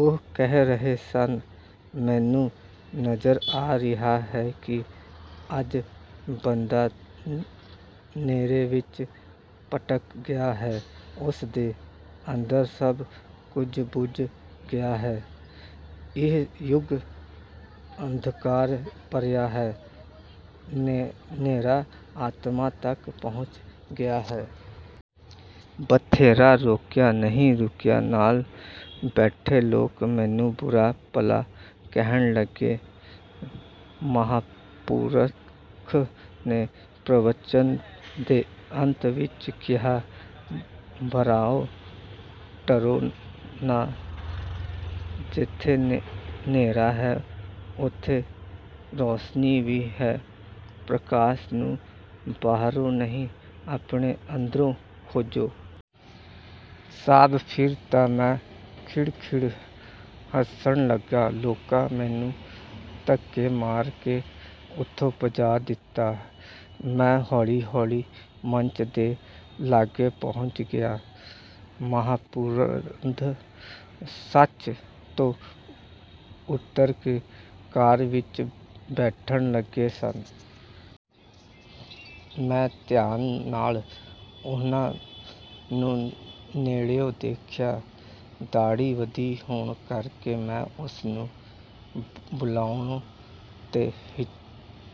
ਉਹ ਕਹਿ ਰਹੇ ਸਨ, "ਮੈਨੂੰ ਨਜ਼ਰ ਆ ਰਿਹਾ ਹੈ ਕਿ ਅੱਜ ਬੰਦਾ ਨ੍ਹੇਰੇ ਵਿੱਚ ਭਟਕ ਗਿਆ ਹੈ। ਉਸ ਦੇ ਅੰਦਰ ਸਭ ਕੁਝ ਬੁਝ ਗਿਆ ਹੈ। ਇਹ ਯੁੱਗ ਅੰਧਕਾਰ ਭਰਿਆ ਹੈ। ਨ੍ਹੇਰਾ ਆਤਮਾ ਤੱਕ ਪਹੁੰਚ ਗਿਆ ਹੈ। ਬਥੇਰਾ ਰੋਕਿਆ, ਨਹੀਂ ਰੁਕਿਆ। ਨਾਲ ਬੈਠੇ ਲੋਕ ਮੈਨੂੰ ਬੁਰਾ-ਭਲਾ ਕਹਿਣ ਲੱਗੇ। ਮਹਾਂਪੁਰਖ ਨੇ ਪ੍ਰਵਚਨ ਦੇ ਅੰਤ ਵਿੱਚ ਕਿਹਾ, "ਭਰਾਓ ਡਰੋ ਨਾ। ਜਿੱਥੇ ਨ੍ਹੇਰਾ ਹੈ, ਉੱਥੇ ਰੌਸ਼ਨੀ ਵੀ ਹੈ। ਪ੍ਰਕਾਸ਼ ਨੂੰ ਬਾਹਰੋਂ ਨਹੀਂ ਆਪਣੇ ਅੰਦਰੋਂ ਖੋਜੋ। ਸਾਬ੍ਹ ਫਿਰ ਤਾਂ ਮੈਂ ਖਿੜ ਖਿੜ ਹੱਸਣ ਲੱਗਾ। ਲੋਕਾਂ ਮੈਨੂੰ ਧੱਕੇ ਮਾਰ ਕੇ ਉੱਥੋਂ ਭਜਾ ਦਿੱਤਾ। ਮੈਂ ਹੌਲੀ ਹੌਲੀ ਮੰਚ ਦੇ ਲਾਗੇ ਪਹੁੰਚ ਗਿਆ। ਮਹਾਂਪੁਰਖ ਮੰਚ ਤੋਂ ਉੱਤਰ ਕੇ ਕਾਰ ਵਿੱਚ ਬੈਠਣ ਲੱਗੇ ਸਨ। ਮੈਂ ਧਿਆਨ ਨਾਲ ਉਨ੍ਹਾਂ ਨੂੰ ਨੇੜਿਉਂ ਦੇਖਿਆ। ਦਾੜ੍ਹੀ ਵਧੀ ਹੋਣ ਕਰਕੇ ਮੈਂ ਉਸ ਨੂੰ ਬੁਲਾਉਣ 'ਤੇ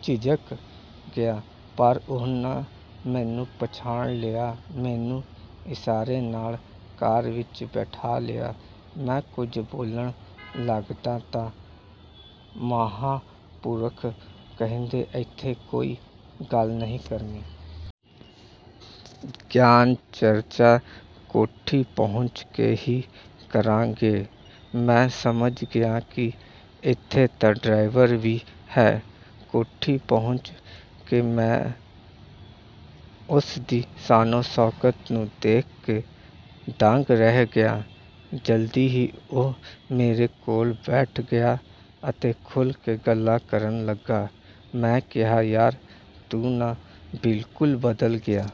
ਝਿਜਕ ਗਿਆ, ਪਰ ਉਨ੍ਹਾਂ ਮੈਨੂੰ ਪਛਾਣ ਲਿਆ। ਮੈਨੂੰ ਇਸ਼ਾਰੇ ਨਾਲ ਕਾਰ ਵਿੱਚ ਬਿਠਾ ਲਿਆ। ਮੈਂ ਕੁਝ ਬੋਲਣ ਲੱਗਦਾ ਤਾਂ ਮਹਾਂਪੁਰਖ ਕਹਿੰਦੇ, "ਐਥੇ ਕੋਈ ਗੱਲ ਨਹੀਂ ਕਰਨੀ। ਗਿਆਨ ਚਰਚਾ ਕੋਠੀ ਪਹੁੰਚ ਕੇ ਹੀ ਕਰਾਂਗੇ।" ਮੈਂ ਸਮਝ ਗਿਆ ਕਿ ਇੱਥੇ ਤਾਂ ਡਰਾਈਵਰ ਵੀ ਹੈ। ਕੋਠੀ ਪਹੁੰਚ ਕੇ ਮੈਂ ਉਸ ਦੀ ਸ਼ਾਨੋ-ਸ਼ੌਕਤ ਨੂੰ ਦੇਖ ਕੇ ਦੰਗ ਰਹਿ ਗਿਆ। ਜਲਦੀ ਹੀ ਉਹ ਮੇਰੇ ਕੋਲ ਬੈਠ ਗਿਆ ਅਤੇ ਖੁੱਲ੍ਹ ਕੇ ਗੱਲਾਂ ਕਰਨ ਲੱਗਾ। ਮੈਂ ਕਿਹਾ, "ਯਾਰ ਤੂੰ ਨਾ ਬਿਲਕੁਲ ਬਦਲ ਗਿਆ।"